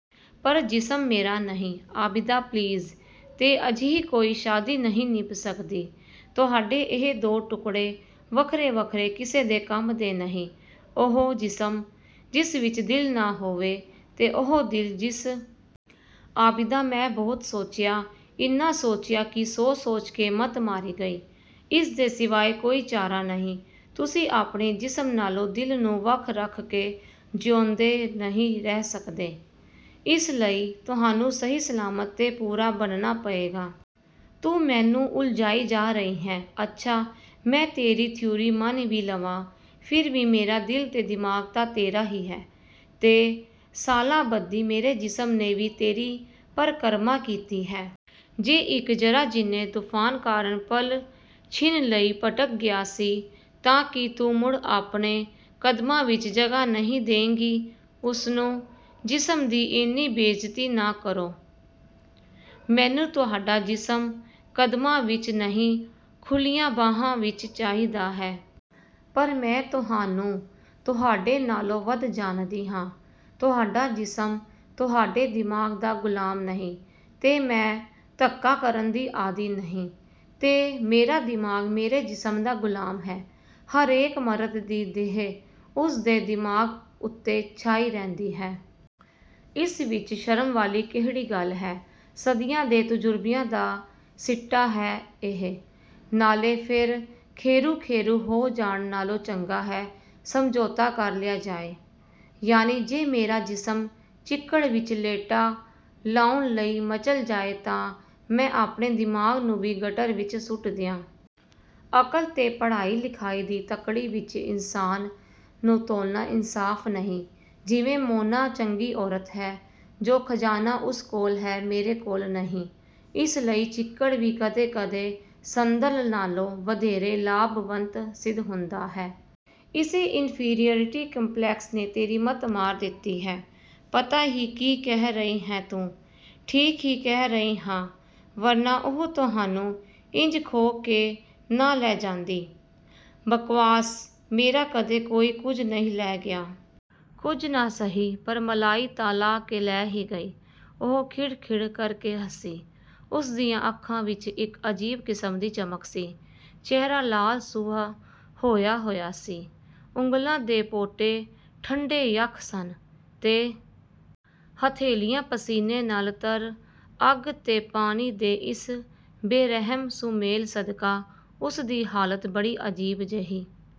"ਪਰ ਜਿਸਮ ਮੇਰਾ ਨਹੀਂ।" "ਆਬਿਦਾ! ਪਲੀਜ਼!" "ਤੇ ਅਜਿਹੀ ਕੋਈ ਸ਼ਾਦੀ ਨਹੀਂ ਨਿਭ ਸਕਦੀ। ਤੁਹਾਡੇ ਇਹ ਦੋ ਟੁੱਕੜੇ, ਵੱਖਰੇ-ਵੱਖਰੇ ਕਿਸੇ ਦੇ ਕੰਮ ਦੇ ਨਹੀਂ, ਉਹ ਜਿਸਮ, ਜਿਸ ਵਿੱਚ ਦਿਲ ਨਾ ਹੋਵੇ ਤੇ ਉਹ ਦਿਲ, ਜਿਸ।" "ਆਬਿਦਾ!" "ਮੈਂ ਬਹੁਤ ਸੋਚਿਆ, ਇੰਨਾ ਸੋਚਿਆ ਕਿ ਸੋਚ-ਸੋਚ ਕੇ ਮੱਤ ਮਾਰੀ ਗਈ। ਇਸ ਦੇ ਸਿਵਾਏ ਕੋਈ ਚਾਰਾ ਨਹੀਂ। ਤੁਸੀਂ ਆਪਣੇ ਜਿਸਮ ਨਾਲੋਂ ਦਿਲ ਨੂੰ ਵੱਖ ਰੱਖ ਕੇ ਜਿਊਂਦੇ ਨਹੀਂ ਰਹਿ ਸਕਦੇ। ਇਸ ਲਈ ਤੁਹਾਨੂੰ ਸਹੀ-ਸਲਾਮਤ ਤੇ ਪੂਰਾ ਬਣਨਾ ਪਏਗਾ।" "ਤੂੰ ਮੈਨੂੰ ਉਲਝਾਈ ਜਾ ਰਹੀ ਹੈਂ। ਅੱਛਾ, ਮੈਂ ਤੇਰੀ ਥਿਊਰੀ ਮੰਨ ਵੀ ਲਵਾਂ, ਫਿਰ ਵੀ ਮੇਰਾ ਦਿਲ ਤੇ ਦਿਮਾਗ਼ ਤਾਂ ਤੇਰਾ ਹੀ ਹੈ, ਤੇ ਸਾਲਾਂਬੱਧੀ ਮੇਰੇ ਜਿਸਮ ਨੇ ਵੀ ਤੇਰੀ ਪਰਕਰਮਾ ਕੀਤੀ ਹੈ। ਜੇ ਇੱਕ ਜ਼ਰਾ ਜਿੰਨੇ ਤੂਫ਼ਾਨ ਕਾਰਨ ਪਲ-ਛਿਨ ਲਈ ਭਟਕ ਗਿਆ ਸੀ, ਤਾਂ ਕੀ ਤੂੰ ਮੁੜ ਆਪਣੇ ਕਦਮਾਂ ਵਿੱਚ ਜਗ੍ਹਾ ਨਹੀਂ ਦੇਂਗੀ, ਉਸਨੂੰ?" "ਜਿਸਮ ਦੀ ਇੰਨੀ ਬੇਇੱਜਤੀ ਨਾ ਕਰੋ। ਮੈਨੂੰ ਤੁਹਾਡਾ ਜਿਸਮ ਕਦਮਾਂ ਵਿੱਚ ਨਹੀਂ, ਖੁੱਲ੍ਹੀਆਂ ਬਾਹਾਂ ਵਿੱਚ ਚਾਹੀਦਾ ਹੈ। ਪਰ ਮੈਂ ਤੁਹਾਨੂੰ, ਤੁਹਾਡੇ ਨਾਲੋਂ ਵੱਧ ਜਾਣਦੀ ਹਾਂ। ਤੁਹਾਡਾ ਜਿਸਮ, ਤੁਹਾਡੇ ਦਿਮਾਗ਼ ਦਾ ਗ਼ੁਲਾਮ ਨਹੀਂ, ਤੇ ਮੈਂ ਧੱਕਾ ਕਰਨ ਦੀ ਆਦੀ ਨਹੀਂ।" "ਤੇ ਮੇਰਾ ਦਿਮਾਗ਼ ਮੇਰੇ ਜਿਸਮ ਦਾ ਗ਼ੁਲਾਮ ਹੈ।" "ਹਰੇਕ ਮਰਦ ਦੀ ਦੇਹ, ਉਸਦੇ ਦਿਮਾਗ਼ ਉੱਤੇ ਛਾਈ ਰਹਿੰਦੀ ਹੈ। ਇਸ ਵਿੱਚ ਸ਼ਰਮ ਵਾਲੀ ਕਿਹੜੀ ਗੱਲ ਹੈ? ਸਦੀਆਂ ਦੇ ਤਜ਼ੁਰਬਿਆਂ ਦਾ ਸਿੱਟਾ ਹੈ ਇਹ, ਨਾਲੇ ਫਿਰ ਖੇਰੂ-ਖੇਰੂ ਹੋ ਜਾਣ ਨਾਲੋਂ ਚੰਗਾ ਹੈ, ਸਮਝੌਤਾ ਕਰ ਲਿਆ ਜਾਏ।" "ਯਾਨੀ ਜੇ ਮੇਰਾ ਜਿਸਮ ਚਿੱਕੜ ਵਿੱਚ ਲੇਟਾ ਲਾਉਣ ਲਈ ਮਚਲ ਜਾਏ ਤਾਂ ਮੈਂ ਆਪਣੇ ਦਿਮਾਗ਼ ਨੂੰ ਵੀ ਗਟਰ ਵਿੱਚ ਸੁੱਟ ਦਿਆਂ।" "ਅਕਲ ਤੇ ਪੜ੍ਹਾਈ-ਲਿਖਾਈ ਦੀ ਤੱਕੜੀ ਵਿੱਚ ਇਨਸਾਨ ਨੂੰ ਤੋਲਨਾ ਇਨਸਾਫ਼ ਨਹੀਂ ਜਿਵੇਂ ਮੋਨਾ ਚੰਗੀ ਔਰਤ ਹੈ ਜੋ ਖਜ਼ਾਨਾ ਉਸ ਕੋਲ ਹੈ, ਮੇਰੇ ਕੋਲ ਨਹੀਂ। ਇਸ ਲਈ ਚਿੱਕੜ ਵੀ ਕਦੇ-ਕਦੇ ਸੰਦਲ ਨਾਲੋਂ ਵਧੇਰੇ ਲਾਭਵੰਤ ਸਿੱਧ ਹੁੰਦਾ ਹੈ।" "ਇਸੇ ਇਨਫੀਰੀਅਰਿਟੀ ਕੰਪਲੈਕਸ ਨੇ ਤੇਰੀ ਮੱਤ ਮਾਰ ਦਿੱਤੀ ਹੈ, ਪਤਾ ਹੀ ਕੀ ਕਹਿ ਰਹੀ ਹੈਂ ਤੂੰ?" "ਠੀਕ ਹੀ ਕਹਿ ਰਹੀ ਹਾਂ, ਵਰਨਾ ਉਹ ਤੁਹਾਨੂੰ ਇੰਜ ਖੋਹ ਕੇ ਨਾ ਲੈ ਜਾਂਦੀ।" "ਬਕਵਾਸ! ਮੇਰਾ ਕਦੇ ਕੋਈ ਕੁਝ ਨਹੀਂ ਲੈ ਗਿਆ।" "ਕੁਝ ਨਾ ਸਹੀ, ਪਰ ਮਲਾਈ ਤਾਂ ਲਾਹ ਕੇ ਲੈ ਹੀ ਗਈ।" ਉਹ ਖਿੜ-ਖਿੜ ਕਰਕੇ ਹੱਸੀ। ਉਸਦੀਆਂ ਅੱਖਾਂ ਵਿੱਚ ਇੱਕ ਅਜੀਬ ਕਿਸਮ ਦੀ ਚਮਕ ਸੀ। ਚਿਹਰਾ ਲਾਲ-ਸੂਹਾ ਹੋਇਆ-ਹੋਇਆ ਸੀ। ਉਂਗਲਾਂ ਦੇ ਪੋਟੇ ਠੰਡੇ-ਯੱਖ ਸਨ ਤੇ ਹਥੇਲੀਆਂ ਪਸੀਨੇ ਨਾਲ ਤਰ ਅੱਗ ਤੇ ਪਾਣੀ ਦੇ ਇਸ ਬੇਰਹਿਮ ਸੁਮੇਲ ਸਦਕਾ ਉਸਦੀ ਹਾਲਤ ਬੜੀ ਅਜੀਬ ਜਿਹੀ